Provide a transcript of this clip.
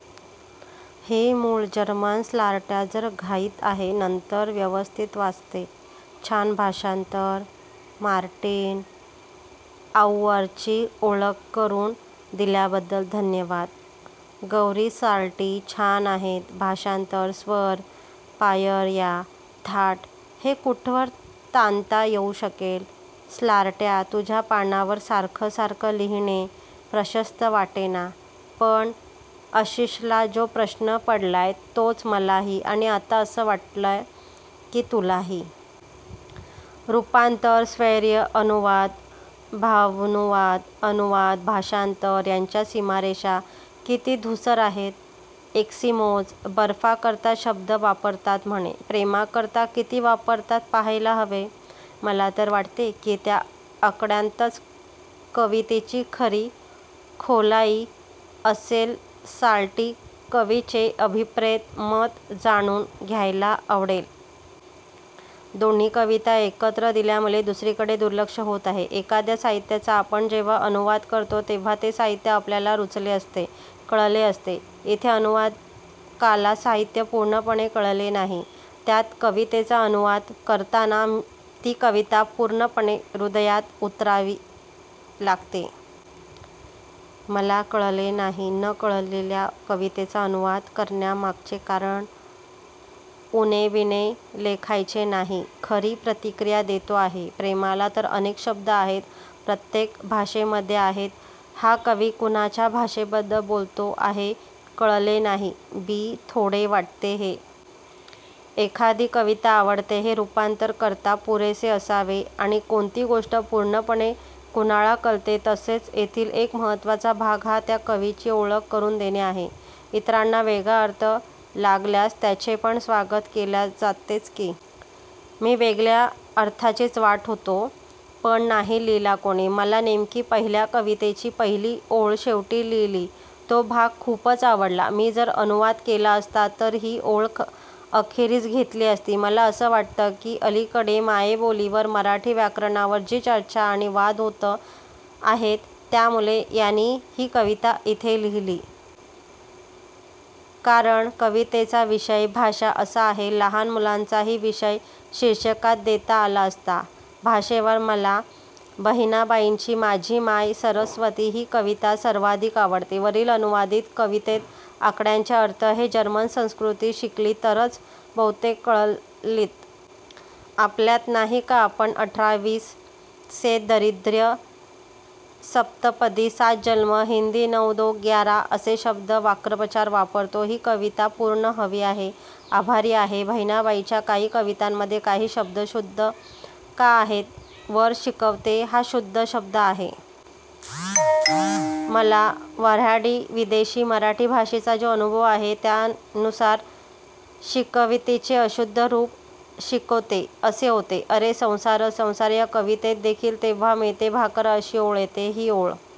ही मूळ जर्मन. स्लार्ट्या- जरा घाईत आहे. नंतर व्यवस्थित वाचते. छान भाषांतर. मार्टिन आउअरची ओळख करून दिल्याबद्दल धन्यवाद! गौरीस्लार्टि, छान आहेत भाषांतरं. स्वर, पायर्या, थाट हे कुठवर ताणता येऊ शकेल? स्लार्ट्या- तुझ्या पानावर सारखं सारखं लिहीणे प्रशस्त वाटेना- पण आशिषला जो प्रश्न पडलाय तोच मलाही, आणि आता असं वाटतय की तुलाही. रुपांतर, स्वैर अनुवाद, भावानुवाद, अनुवाद, भाषांतर यांच्या सीमारेषा किती धुसर आहेत? एस्कीमोज बर्फाकरता शब्द वापरतात म्हणे. प्रेमाकरता किती वापरतात पहायला हवे. मला तर वाटले कि त्या आकड्यांतच कवितेची खरी खोलाइ असेलस्लार्टी, कविचे अभिप्रेत मत जाणुन घ्यायला आवडेल. दोन्ही कविता एकत्र दिल्यामुळे दुसरीकडे दुर्लक्ष होत आहे. एखाद्या साहित्याचा आपण जेंव्हा अनुवाद करतो तेंव्हा ते साहित्य आपल्याला रुचले असते कळलेले असते. इथे अनुवादकाला साहित्य पुर्णपणे कळले नाही. त्यात कवितेचा अनुवाद करताना ती कविता पुर्णपणे हृदयात उतरावी लागते. मला कळले नाही न कळलेल्या कवितेचा अनुवाद करण्यामागचे कारण. उणेबिणे लेखायचे नाही.. खरी प्रतिक्रिया देतो आहे. प्रेमाला तर अनेक शब्द आहेत, प्रत्येक भाषेमधे आहेत. हा कवी कुणाच्या भाषेबद्दल बोलतो आहे कळले नाही. बी, थोडे वाटते हे. एखादी कविता आवडणे हे रुपांतरा करता पुरेसे असावे. आणि कोणती गोष्ट पुर्णपणे कुणाला कळते? तसेच येथील एक महत्वाचा भाग हा त्या कवीची ओळख करुन देणे आहे. ईतरांना वेगळा अर्थ लागल्यास त्याचे पण स्वागत केल्या जातेच की! मी वेगळ्या अर्थाचीच वाट होतो पण नाही लिहिला कुणी. मला नेमकी पहिल्या कवितेची पहिली ओळ शेवटी लिहिली तो भाग खूपच आवडला. मी जर अनुवाद केला असता तर ही ओळ अखेरीस घेतली असती. मला असं वाटतं की अलिकडे मायबोलिवर मराठी व्याकरणावर जी चर्चा आणि वाद होत आहेत त्यामुळे यानी ही कविता इथे लिहिली. कारण कवितेचा विषय भाषा असा आहे. लहान मुलांचाही विषय शीर्षकात देता आला असता. भाषेवर मला बहिणाबाईंची 'माझी माय सरोस्वती' ही कविता सर्वाधिक आवडते. वरील अनुवादीत कवितेत आकड्यांचे अर्थ हे जर्मन संस्कृती शिकली तरच बहुतेक कळलीत. आपल्यात नाही का आपण अठरा-वीसे दारिद्र्य, सप्तपदी, सात जन्म, हिन्दी नौ दो ग्यारा असे शब्द/वाक्प्रचार वापरतो. ही कविता पुर्ण हवी आहे. आभारी आहे.. बहिनाबाईंच्या काही कवितांमधे काही शब्द शुद्ध का आहेत? वर 'शिकविते 'हा शुद्ध शब्द आहे. मला वर्हाडी ांदेशी मराठी भाषेचा जो अनुभव आहे त्यानुसार शिकवितेचे अशुद्ध रुप शिकोते असे होते. अरे संसार संसार या कवितेत देखील 'तेंव्हा मिळते भाकर' अशी ओळ येते. ही ओळ